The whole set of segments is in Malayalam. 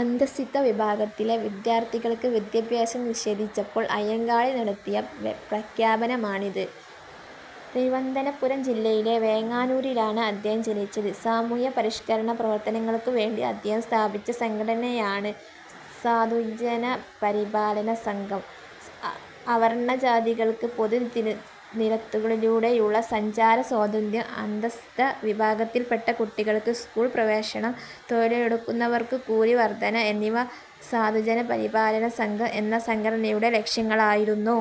" അധഃസ്ഥിത വിഭാഗത്തിലെ വിദ്യാർത്ഥികൾക്ക് വിദ്യാഭ്യാസം നിഷേധിച്ചപ്പോൾ അയ്യങ്കാളി നടത്തിയ പ്രഖ്യാപനമാണിത്. തിരുവനന്തപുരം ജില്ലയിലെ വെങ്ങാനൂരിലാണ് അദ്ദേഹം ജനിച്ചത്. സാമൂഹ്യപരിഷ്കരണ പ്രവർത്തനങ്ങൾക്കുവേണ്ടി അദ്ദേഹം സ്ഥാപിച്ച സംഘടനയാണ് "സാധുജനപരിപാലനസംഘം". അവർണ്ണ ജാതിക്കാർക്ക് പൊതു നിരത്തുകളിലൂടെയുള്ള സഞ്ചാര സ്വാതന്ത്ര്യം, അധഃസ്ഥിത വിഭാഗത്തിൽപ്പെട്ട കുട്ടികൾക്ക് സ്കൂൾ പ്രവേശനം, തൊഴിലെടുക്കുന്നവർക്ക് കൂലി വർദ്ധന എന്നിവ സാധുജനപരിപാലനസംഘം എന്ന സംഘടനയുടെ ലക്ഷ്യങ്ങളായിരുന്നു.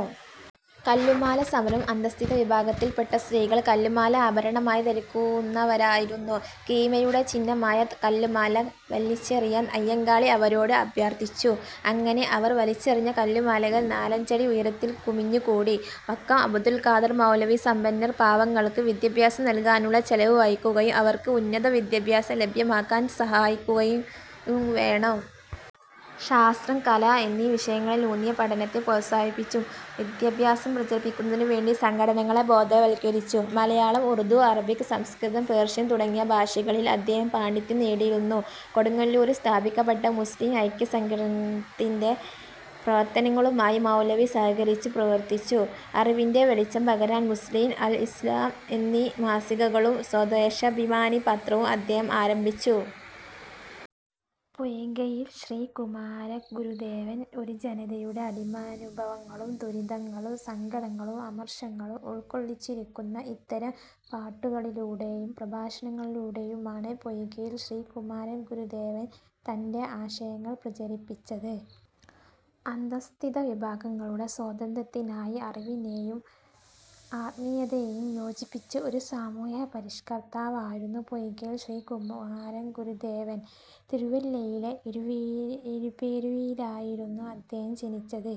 കല്ലുമാല സമരം അധഃസ്ഥിത വിഭാഗത്തിൽപ്പെട്ട സ്ത്രീകൾ കല്ലുമാല ആഭരണമായി ധരിക്കുന്നവരായിരുന്നു. കീഴായ്മയുടെ ചിഹ്നമായ കല്ലുമാല വലിച്ചെറിയാൻ അയ്യങ്കാളി അവരോട് അഭ്യർഥിച്ചു. അങ്ങനെ അവർ വലിച്ചെറിഞ്ഞ കല്ലുമാലകൾ നാലഞ്ചടി ഉയരത്തിൽ കുമിഞ്ഞുകൂടി. വക്കം അബ്ദുൽ ഖാദർ മൗലവി- സമ്പന്നർ പാവങ്ങൾക്ക് വിദ്യാഭ്യാസം നൽകാനുള്ള ചെലവ് വഹിക്കുകയും അവർക്ക് ഉന്നത വിദ്യാഭ്യാസം ലഭ്യമാക്കാൻ സഹായിക്കുകയും വേണം. ശാസ്ത്രം, കല എന്നീ വിഷയങ്ങളിലൂന്നിയ പഠനത്തെ പ്രോത്സാഹിപ്പിച്ചു. വിദ്യാഭ്യാസം പ്രചരിപ്പിക്കുന്നതിനുവേണ്ടി സംഘടനകളെ ബോധവൽക്കരിച്ചു. മലയാളം, ഉറുദു, അറബിക്, സംസ്കൃതം, പേർഷ്യൻ തുടങ്ങിയ ഭാഷകളിൽ അദ്ദേഹം പാണ്ഡിത്യം നേടിയിരുന്നു. കൊടുങ്ങല്ലൂരിൽ സ്ഥാപിക്കപ്പെട്ട മുസ്ലീം ഐക്യ സംഘത്തിന്റെ പ്രവർത്തനങ്ങളുമായി മൗലവി സഹകരിച്ചു പ്രവർത്തിച്ചു. അറിവിന്റെ വെളിച്ചം പകരാൻ ""മുസ്ലീം', ""അൽ ഇസ്ലാം' എന്നീ മാസികകളും ""സ്വദേശാഭിമാനി' പത്രവും അദ്ദേഹം ആരംഭിച്ചു. പൊയ്കയിൽ ശ്രീ കുമാരഗുരുദേവൻ ഒരു ജനതയുടെ അടിമാനുഭവങ്ങളും ദുരിതങ്ങളും സങ്കടങ്ങളും അമർഷങ്ങളും ഉൾക്കൊള്ളിച്ചിരിക്കുന്ന ഇത്തരം പാട്ടുകളിലൂടെയും പ്രഭാഷണങ്ങളിലൂടെയുമാണ് പൊയ്കയിൽ ശ്രീ കുമാരഗുരുദേവൻ തന്റെ ആശയങ്ങൾ പ്രചരിപ്പിച്ചത്. അധഃസ്ഥിത വിഭാഗങ്ങളുടെ സ്വാതന്ത്ര്യത്തിനായി അറിവിനെയും ആത്മീയതയെയും യോജിപ്പിച്ച ഒരു സാമൂഹ്യപരിഷ്കർത്താവായിരുന്നു പൊയ്കയിൽ ശ്രീ കുമാരഗുരുദേവൻ. തിരുവല്ലയിലെ ഇരവിപേരൂരിലായിരുന്നു അദ്ദേഹം ജനിച്ചത്.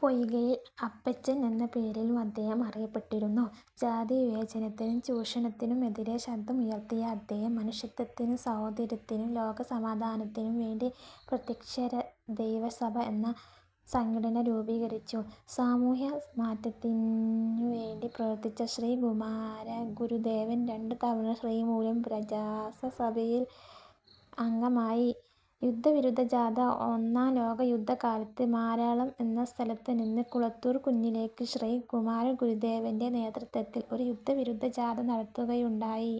പൊയ്കയിൽ അപ്പച്ചൻ എന്ന പേരിലും അദ്ദേഹം അറിയപ്പെട്ടിരുന്നു. ജാതിവിവേചനത്തിനും ചൂഷണത്തിനുമെതിരെ ശബ്ദമുയർത്തിയ അദ്ദേഹം മനുഷ്യത്തിനും സാഹോദര്യത്തിനും ലോക സമാധാനത്തിനും വേണ്ടി പ്രത്യക്ഷരക്ഷാദൈവ സഭ എന്ന സംഘടന രൂപീകരിച്ചു. സാമൂഹ്യ മാറ്റത്തിനുവേണ്ടി പ്രവർത്തിച്ച ശ്രീ കുമാരഗുരുദേവൻ രണ്ടു തവണ ശ്രീമൂലം പ്രജാസഭയിൽ അംഗമായി. യുദ്ധവിരുദ്ധ ജാഥ ഒന്നാം ലോകയുദ്ധ കാലത്ത് മാരളം എന്ന സ്ഥലത്തുനിന്ന് കുളത്തൂർകുന്നിലേക്ക് ശ്രീ കുമാരഗുരുദേവന്റെ നേതൃത്വത്തിൽ ഒരു യുദ്ധവിരുദ്ധ ജാഥ നടത്തുകയുണ്ടായി.